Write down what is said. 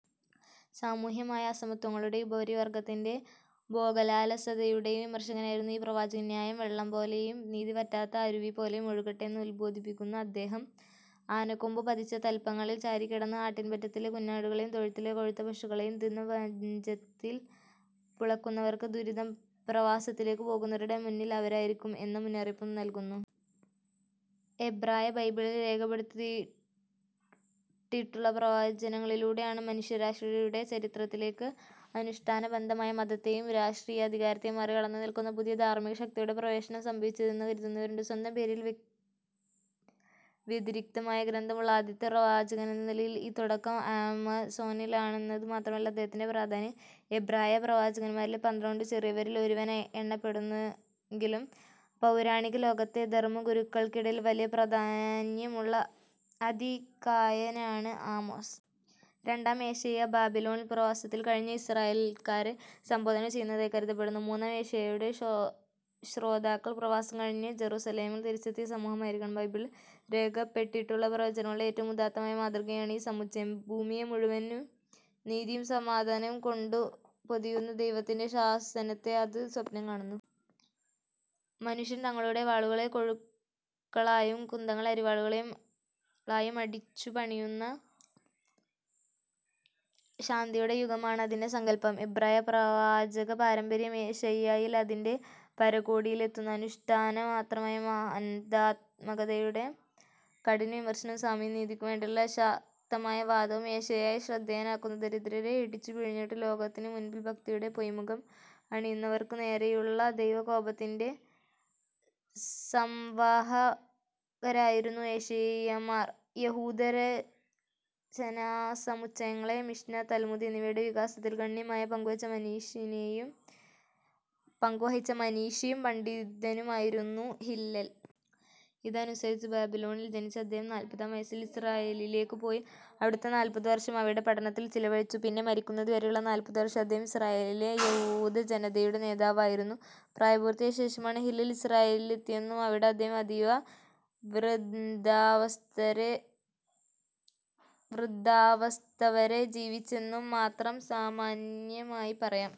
സാമൂഹ്യമായ അസമത്വങ്ങളുടേയും ഉപരിവർഗ്ഗത്തിന്റെ ഭോഗലാലസതയുടേയും വിമർശകനായിരുന്നു ഈ പ്രവാചകൻ. "ന്യായം വെള്ളംപോലെയും നീതി വറ്റാത്ത അരുവിപോലെയും ഒഴുകട്ടെ" എന്ന് ഉദ്ബോധിപ്പിക്കുന്ന അദ്ദേഹം, "ആനക്കൊമ്പു പതിച്ച തല്പങ്ങളിൽ ചാരിക്കിടന്ന് ആട്ടിൻപറ്റത്തിലെ കുഞ്ഞാടുകളേയും, തൊഴുത്തിലെ കൊഴുത്ത പശുക്കളേയും തിന്ന് മഞ്ചത്തിൽ പുളയ്ക്കുന്നവർക്ക് ദുരിതംപ്രവാസത്തിലേക്കു പോകുന്നവരുടെ മുമ്പിൽ അവരായിരിക്കും" എന്ന മുന്നറിയിപ്പും നൽകുന്നു. എബ്രായബൈബിളിൽ രേഖപ്പെടുത്തപ്പെട്ടിട്ടുള്ള പ്രവചനങ്ങളിലൂടെയാണ്, മനുഷ്യരാശിയുടെ ചരിത്രത്തിലേക്ക് അനുഷ്ഠാനബദ്ധമായ മതത്തെയും രഷ്ട്രീയാധികാരത്തേയും മറികടന്നു നിൽക്കുന്ന പുതിയ ധാർമ്മികശക്തിയുടെ പ്രവേശനം സംഭവിച്ചതെന്നു കരുതുന്നവരുണ്ട്. സ്വന്തം പേരിൽ വ്യതിരിക്തമായ ഗ്രന്ഥമുള്ള ആദ്യത്തെ പ്രവാചകനെന്ന നിലയിൽ, ഈ തുടക്കം ആമോസിലാണെന്നതു മാത്രമല്ല അദ്ദേഹത്തിന്റെ പ്രാധാന്യം. എബ്രായ പ്രവാചകന്മാരിലെ പന്ത്രണ്ടു 'ചെറിയവരിൽ' ഒരുവനായി എണ്ണപ്പെടുന്നെങ്കിലും, പൗരാണികലോകത്തെ ധർമ്മഗുരുക്കൾക്കിടയിൽ വലിയ പ്രാധാന്യമുള്ള അതികായനാണ് ആമോസ്. രണ്ടാം ഏശയ്യാ ബാബിലോണിൽ പ്രവാസത്തിൽ കഴിഞ്ഞ ഇസ്രായേൽക്കാരെ സംബോധന ചെയ്യുന്നതായി കരുതപ്പെടുന്നു. മൂന്നാം ഏശയ്യായുടെ ശ്രോതാക്കൾ പ്രവാസം കഴിഞ്ഞ് ജറുസലെമിൽ തിരിച്ചെത്തിയ സമൂഹമായിരിക്കണം. ബൈബിളിൽ രേഖപ്പെടുത്തപ്പെട്ടിട്ടുള്ള പ്രവചനങ്ങളുടെ ഏറ്റവും ഉദാത്തമായ മാതൃകയാണ് ഈ സമുച്ചയം. ഭൂമിയെ മുഴുവൻ നീതിയും സമാധാനവും കൊണ്ടുപൊതിയുന്ന ദൈവത്തിന്റെ ശാസനത്തെ അത് സ്വപ്നം കാണുന്നു. മനുഷ്യർ തങ്ങളുടെ "വാളുകളെ കൊഴുക്കളായും കുന്തങ്ങളെ അരിവാളുകളായും അടിച്ചുപണിയുന്ന" ശാന്തിയുടെ യുഗമാണ് അതിന്റെ സങ്കല്പം. എബ്രായപ്രവാചകപാരമ്പര്യം ഏശയ്യായിൽ അതിന്റെ പരകോടിയിലെത്തുന്നു. അനുഷ്ഠാനമാത്രമായ മതാത്മകതയുടെ കഠിനവിമർശനവും സാമൂഹ്യനീതിക്കുവേണ്ടിയുള്ള ശക്തമായ വാദവും ഏശയ്യായെ ശ്രദ്ധേയനാക്കുന്നു. ദരിദ്രരെ ഇടിച്ചുപിഴിഞ്ഞിട്ട് ലോകത്തിനുമുൻപിൽ ഭക്തിയുടെ പൊയ്മുഖം അണിയുന്നവർക്കുനേരേയുള്ള ദൈവകോപത്തിന്റെ സംവാഹകരായിരുന്നു 'ഏശയ്യാമാർ'. യഹൂദരചനാസമുച്ചയങ്ങളായ മിഷ്ന, താൽമുദ് എന്നിവയുടെ വികാസത്തിൽ ഗണ്യമായ പങ്കുവഹിച്ച മനീഷിയും പണ്ഡിതനുമായിരുന്നു ഹില്ലൽ. ഇതനുസരിച്ച്, ബാബിലോണിൽ ജനിച്ച അദ്ദേഹം നാല്പതാം വയസ്സിൽ ഇസ്രായേലിലേയ്ക്കു പോയി, അടുത്ത നാല്പതു വർഷം അവിടെ പഠനത്തിൽ ചെലവഴിച്ചു; പിന്നെ മരിക്കുന്നതുവരെയുള്ള നാല്പതുവരുഷം അദ്ദേഹം ഇസ്രായേലിലെ യഹൂദജനതയുടെ നേതാവായിരുന്നു. പ്രായപൂർത്തിയായ ശേഷമാണ് ഹില്ലൽ ഇസ്രായേലിലെത്തിയെന്നും അവിടെ അദ്ദേഹം അതീവ വൃദ്ധാവസ്ഥവരെ ജീവിച്ചെന്നും മാത്രം സാമാന്യമായി പറയാം.